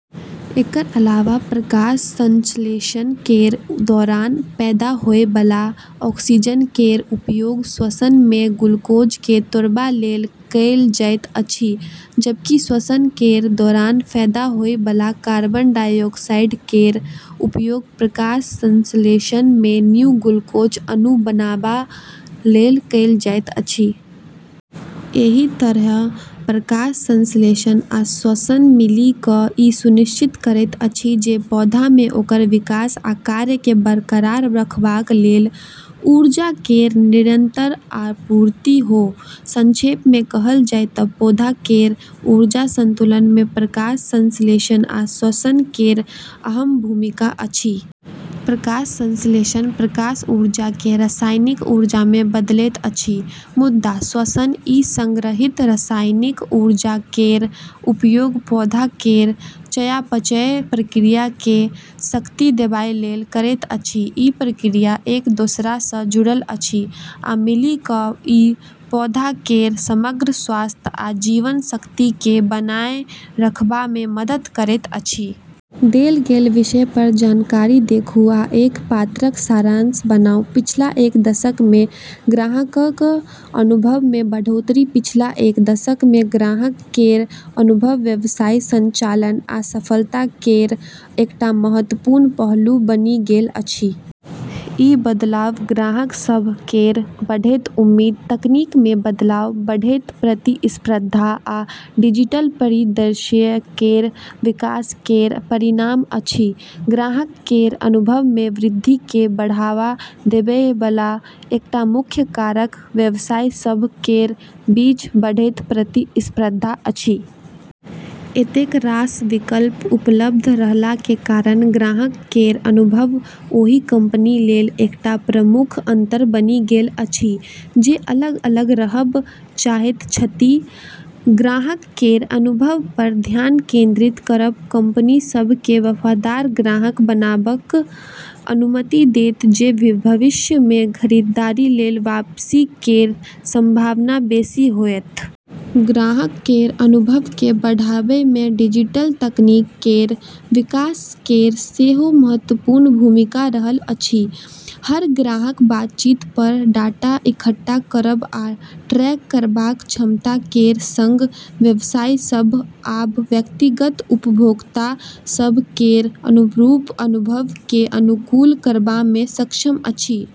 एकर अलावा प्रकाश संश्लेषण केर दौरान पैदा होय बला ऑक्सीजन केर उपयोग श्वसन मे ग्लूकोज केँ तोड़बा लेल कएल जाइत अछि, जबकि श्वसन केर दौरान पैदा होय बला कार्बन डाइऑक्साइड केर उपयोग प्रकाश संश्लेषण मे नया ग्लूकोज अणु बनाबा लेल कएल जाइत अछि। एहि तरहें प्रकाश संश्लेषण आ श्वसन मिलि कऽ ई सुनिश्चित करैत अछि जे पौधा मे ओकर विकास आ कार्य केँ बरकरार रखबाक लेल ऊर्जा केर निरंतर आपूर्ति हो। संक्षेप मे कहल जाय तँ पौधा केर ऊर्जा संतुलन मे प्रकाश संश्लेषण आ श्वसन केर अहम भूमिका अछि। प्रकाश संश्लेषण प्रकाश ऊर्जा केँ रासायनिक ऊर्जा मे बदलैत अछि, मुदा श्वसन ई संग्रहीत रासायनिक ऊर्जा केर उपयोग पौधा केर चयापचय प्रक्रिया केँ शक्ति देबाय लेल करैत अछि। ई प्रक्रिया एक दोसरा सँ जुड़ल अछि, आ मिलि कऽ ई पौधा केर समग्र स्वास्थ्य आ जीवन शक्ति केँ बनाय रखबा मे मदद करैत अछि। देल गेल विषय पर जानकारी देखू आ एक पन्नाक सारांश बनाऊ। पिछला एक दशक मे ग्राहकक अनुभव मे बढ़ोतरी पिछला एक दशक मे ग्राहक केर अनुभव व्यवसाय संचालन आ सफलता केर एकटा महत्वपूर्ण पहलू बनि गेल अछि। ई बदलाव ग्राहक सभ केर बढ़ैत उम्मीद, तकनीक मे बदलाव, बढ़ैत प्रतिस्पर्धा, आ डिजिटल परिदृश्य केर विकास केर परिणाम अछि। ग्राहक केर अनुभव मे वृद्धि केँ बढ़ावा देबय बला एकटा मुख्य कारक व्यवसाय सभ केर बीच बढ़ैत प्रतिस्पर्धा अछि। एतेक रास विकल्प उपलब्ध रहला के कारण ग्राहक केर अनुभव ओहि कंपनी लेल एकटा प्रमुख अंतर बनि गेल अछि जे अलग रहब चाहैत छथि। ग्राहक केर अनुभव पर ध्यान केंद्रित करब कंपनी सभ केँ वफादार ग्राहक बनाबाक अनुमति देत जे भविष्य मे खरीदारी लेल वापसी केर संभावना बेसी होयत। ग्राहक केर अनुभव केँ बढ़ाबय मे डिजिटल तकनीक केर विकास केर सेहो महत्वपूर्ण भूमिका रहल अछि। हर ग्राहक बातचीत पर डाटा इकट्ठा करब आ ट्रैक करबाक क्षमता केर संग, व्यवसाय सभ आब व्यक्तिगत उपभोक्ता सभ केर अनुरूप अनुभव केँ अनुकूल करबा मे सक्षम अछि।